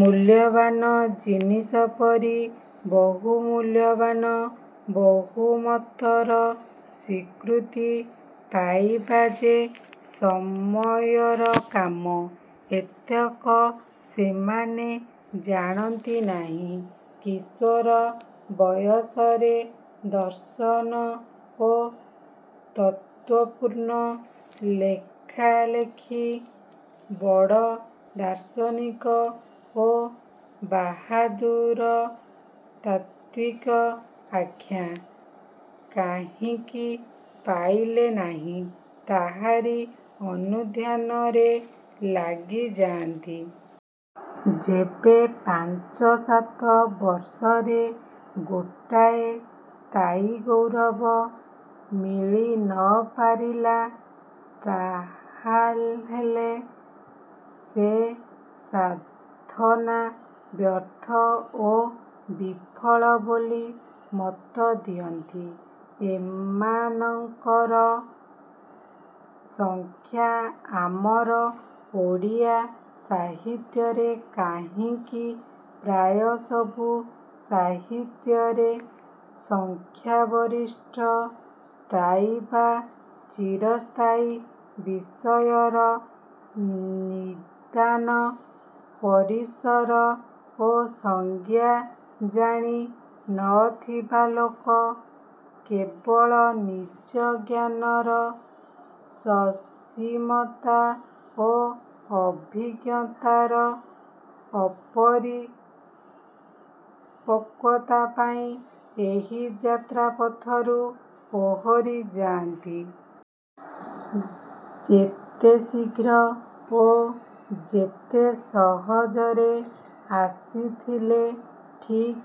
ମୂଲ୍ୟବାନ ଜିନିଷ ପରି ବହୁମୂଲ୍ୟବାନ ବହୁମତର ସ୍ୱୀକୃତି ପାଇବା ଯେ ସମୟର କାମ, ଏତକ ସେମାନେ ଜାଣନ୍ତି ନାହିଁ। କିଶୋର ବୟସରେ ଦର୍ଶନ ଓ ତତ୍ତ୍ୱପୂର୍ଣ୍ଣ ଲେଖା ଲେଖି ବଡ଼ ଦାର୍ଶନିକ ଓ ବାହାଦୁର ତାତ୍ତ୍ୱିକ ଆଖ୍ୟା କାହିଁକି ପାଇଲେ ନାହିଁ, ତାହାରି ଅନୁଧ୍ୟାନରେ ଲାଗିଯାଆନ୍ତି। ଯେବେ ପାଞ୍ଚ ସାତ ବର୍ଷରେ ଗୋଟାଏ ସ୍ଥାୟୀ ଗୌରବ ମିଳି ନ ପାରିଲା, ତାହାହେଲେ ସେ ସାଧନା ବ୍ୟର୍ଥ ଓ ବିଫଳ ବୋଲି ମତ ଦିଅନ୍ତି। ଏମାନଙ୍କର ସଂଖ୍ୟା ଆମର ଓଡ଼ିଆ ସାହିତ୍ୟରେ କାହିଁକି, ପ୍ରାୟ ସବୁ ସାହିତ୍ୟରେ ସଂଖ୍ୟାଗରିଷ୍ଠ। ସ୍ଥାୟୀ ବା ଚିରସ୍ଥାୟୀ ବିଷୟର ନିଦାନ, ପରିସର ଓ ସଂଜ୍ଞା ଜାଣି ନ ଥିବା ଲୋକ କେବଳ ନିଜ ଜ୍ଞାନର ସସୀମତା ଓ ଅଭିଜ୍ଞତାର ଅପରିପକ୍ୱତା ପାଇଁ ଏହି ଯାତ୍ରାପଥରୁ ଓହରି ଯାଆନ୍ତି। ଯେତେ ଶୀଘ୍ର ଓ ଯେତେ ସହଜରେ ଆସିଥିଲେ, ଠିକ୍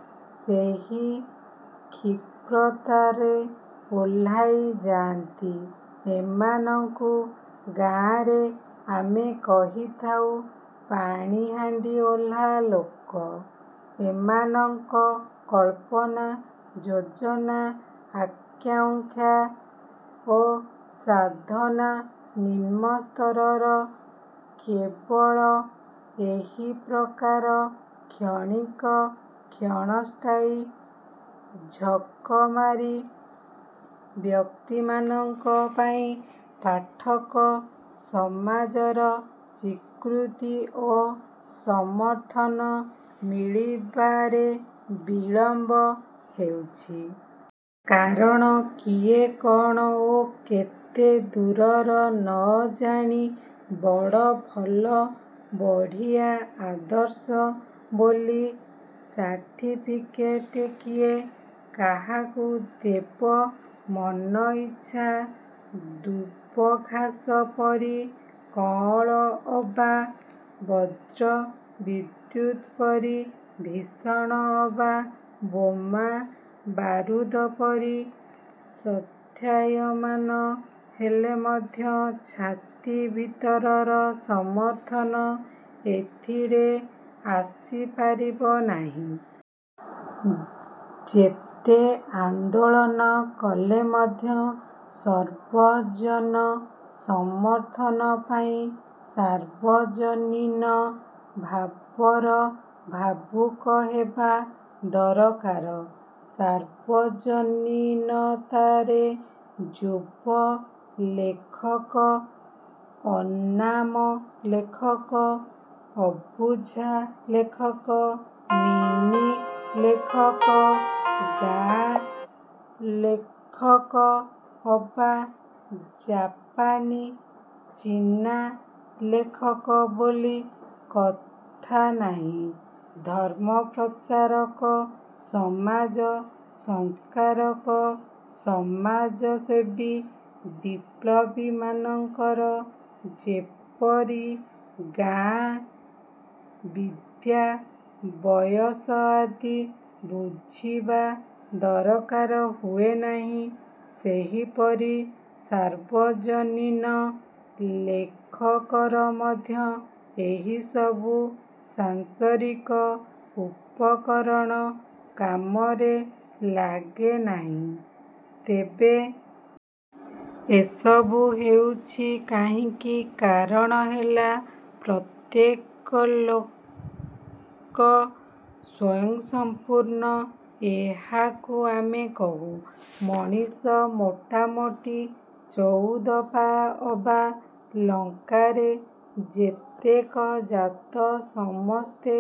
ସେହି କ୍ଷିପ୍ରତାରେ ଓହ୍ଲାଇ ଯାଆନ୍ତି। ଏମାନଙ୍କୁ ଗାଁରେ ଆମେ କହିଥାଉ ପାଣିହାଣ୍ଡି ଓହ୍ଲା ଲୋକ। ଏମାନଙ୍କର କଳ୍ପନା, ଯୋଜନା, ଆକାଙ୍କ୍ଷା ଓ ସାଧନା ନିମ୍ନ ସ୍ତରର। କେବଳ ଏହି ପ୍ରକାର କ୍ଷଣିକ, କ୍ଷଣସ୍ଥାୟୀ ଝକମାରୀ ବ୍ୟକ୍ତିମାନଙ୍କ ପାଇଁ ପାଠକ ସମାଜର ସ୍ୱୀକୃତି ଓ ସମର୍ଥନ ମିଳିବାରେ ବିଳମ୍ବ ହେଉଛି। କାରଣ କିଏ କ'ଣ ଓ କେତେ ଦୂରର ନ ଜାଣି ବଡ଼, ଭଲ, ବଢ଼ିଆ, ଆଦର୍ଶ ବୋଲି ସାର୍ଟିଫିକେଟ କିଏ କାହାକୁ ଦେବ? ମନଇଚ୍ଛା ଦୁବଘାସ ପରି କଅଁଳ ଅବା ବଜ୍ର ବିଦ୍ୟୁତ ପରି ଭୀଷଣ ଅବା ବୋମା ବାରୁଦ ପରି ଶବ୍ଦାୟମାନ ହେଲେ ମଧ୍ୟ ଛାତି ଭିତରର ସମର୍ଥନ ଏଥିରେ ଆସିପାରିବ ନାହିଁ। ଯେତେ ଆନ୍ଦୋଳନ କଲେ ମଧ୍ୟ ସର୍ବଜନ ସମର୍ଥନ ପାଇଁ ସାର୍ବଜନୀନ ଭାବର ଭାବୁକ ହେବା ଦରକାର। ସାର୍ବଜନୀନତାରେ ଯୁବ ଲେଖକ, ଅନାମ ଲେଖକ, ଅବୁଝା ଲେଖକ, ମିନି ଲେଖକ, ଗାଁ ଲେଖକ ଅବା ଜାପାନୀ ଚୀନା ଲେଖକ ବୋଲି କଥା ନାହିଁ। ଧର୍ମପ୍ରଚାରକ, ସମାଜ ସଂସ୍କାରକ, ସମାଜସେବୀ, ବିପ୍ଳବୀମାନଙ୍କର ଯେପରି ଗାଁ, ବିଦ୍ୟା, ବୟସ ଆଦି ବୁଝିବା ଦରକାର ହୁଏ ନାହିଁ, ସେହିପରି ସାର୍ବଜନୀନ ଲେଖକର ମଧ୍ୟ ଏହିସବୁ ସାଂସାରିକ ଉପକରଣ କାମରେ ଲାଗେ ନାହିଁ। ତେବେ ଏସବୁ ହେଉଛି କାହିଁକି? କାରଣ ହେଲା ପ୍ରତ୍ୟେକ ଲୋକ ସ୍ୱୟଂସମ୍ପୂର୍ଣ୍ଣ। ଏହାକୁ ଆମେ କହୁ, ମଣିଷ ମୋଟାମୋଟି ଚଉଦ ପାଆ, ଅବା ଲଙ୍କାରେ ଯେତେକ ଜାତ ସମସ୍ତେ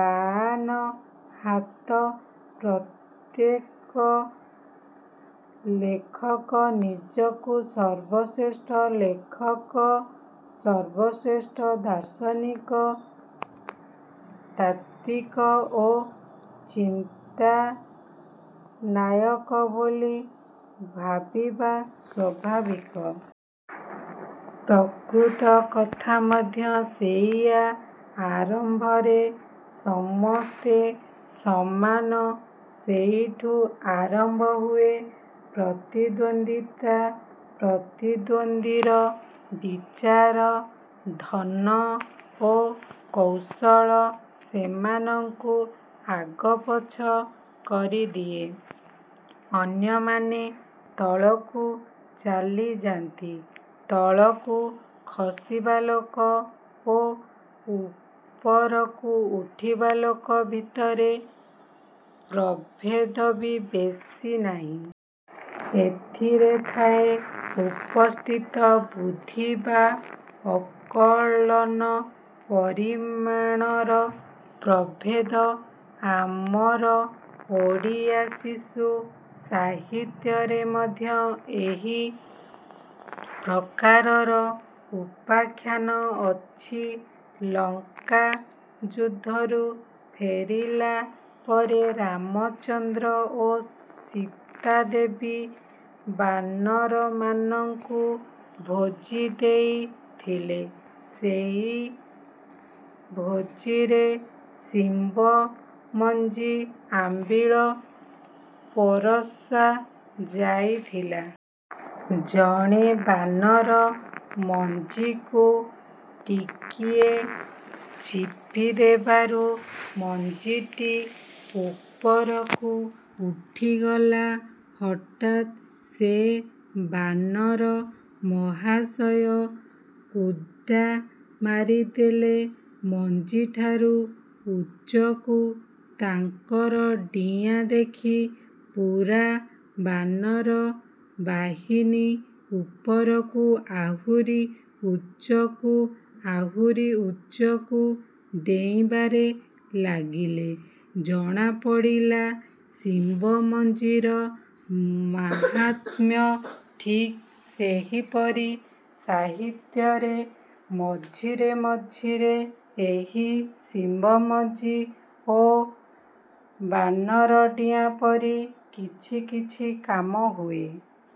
ବାଆନ ହାତ। ପ୍ରତ୍ୟେକ ଲେଖକ ନିଜକୁ ସର୍ବଶ୍ରେଷ୍ଠ ଲେଖକ, ସର୍ବଶ୍ରେଷ୍ଠ ଦାର୍ଶନିକ, ତାତ୍ତ୍ୱିକ ଓ ଚିନ୍ତାନାୟକ ବୋଲି ଭାବିବା ସ୍ୱାଭାବିକ। ପ୍ରକୃତ କଥା ମଧ୍ୟ ସେଇଆ। ଆରମ୍ଭରେ ସମସ୍ତେ ସମାନ। ସେଇଠୁ ଆରମ୍ଭ ହୁଏ ପ୍ରତିଦ୍ୱନ୍ଦ୍ୱିତା। ପ୍ରତିଦ୍ୱନ୍ଦ୍ୱୀର ବିଚାର, ଧନ ଓ କୌଶଳ ସେମାନଙ୍କୁ ଆଗପଛ କରିଦିଏ। ଅନ୍ୟମାନେ ତଳକୁ ଚାଲିଯାନ୍ତି। ତଳକୁ ଖସିବା ଲୋକ ଓ ଉପରକୁ ଉଠିବା ଲୋକ ଭିତରେ ପ୍ରଭେଦ ବି ବେଶି ନାହିଁ। ଏଥିରେ ଥାଏ ଉପସ୍ଥିତ ବୁଦ୍ଧି ବା ଅକଲର ପରିମାଣର ପ୍ରଭେଦ। ଆମର ଓଡ଼ିଆ ଶିଶୁ ସାହିତ୍ୟରେ ମଧ୍ୟ ଏହି ପ୍ରକାରର ଉପାଖ୍ୟାନ ଅଛି। ଲଙ୍କା ଯୁଦ୍ଧରୁ ଫେରିଲା ପରେ ରାମଚନ୍ଦ୍ର ଓ ସୀତାଦେବୀ ବାନର ସେନାଙ୍କୁ ଭୋଜି ଦେଇଥିଲେ। ସେଇ ଭୋଜିରେ ଶିମ୍ବମଞ୍ଜି ଆମ୍ବିଳ ପରଶା ଯାଇଥିଲା। ଜଣେ ବାନର ମଞ୍ଜିକୁ ଟିକିଏ ଚିପିଦେବାରୁ ମଞ୍ଜିଟି ଉପରକୁ ଉଠିଗଲା। ହଠାତ୍ ସେ ବାନର ମହାଶୟ କୁଦା ମାରିଦେଲେ ମଞ୍ଜିଠାରୁ ଉଚ୍ଚକୁ। ତାଙ୍କର ଡିଆଁ ଦେଖି ପୂରା ବାନର ବାହିନୀ ଉପରକୁ, ଆହୁରି ଉଚ୍ଚକୁ, ଆହୁରି ଉଚ୍ଚକୁ ଡେଇଁବାରେ ଲାଗିଲେ। ଜଣାପଡ଼ିଲା ଶିମ୍ବମଞ୍ଜିର ମାହାତ୍ମ୍ୟ। ଠିକ୍ ସେହିପରି ସାହିତ୍ୟରେ ମଝିରେ ମଝିରେ ଏହି ଶିମ୍ବମଞ୍ଜି ଓ ବାନର ଡିଆଁ ପରି କିଛି କିଛି କାମ ହୁଏ।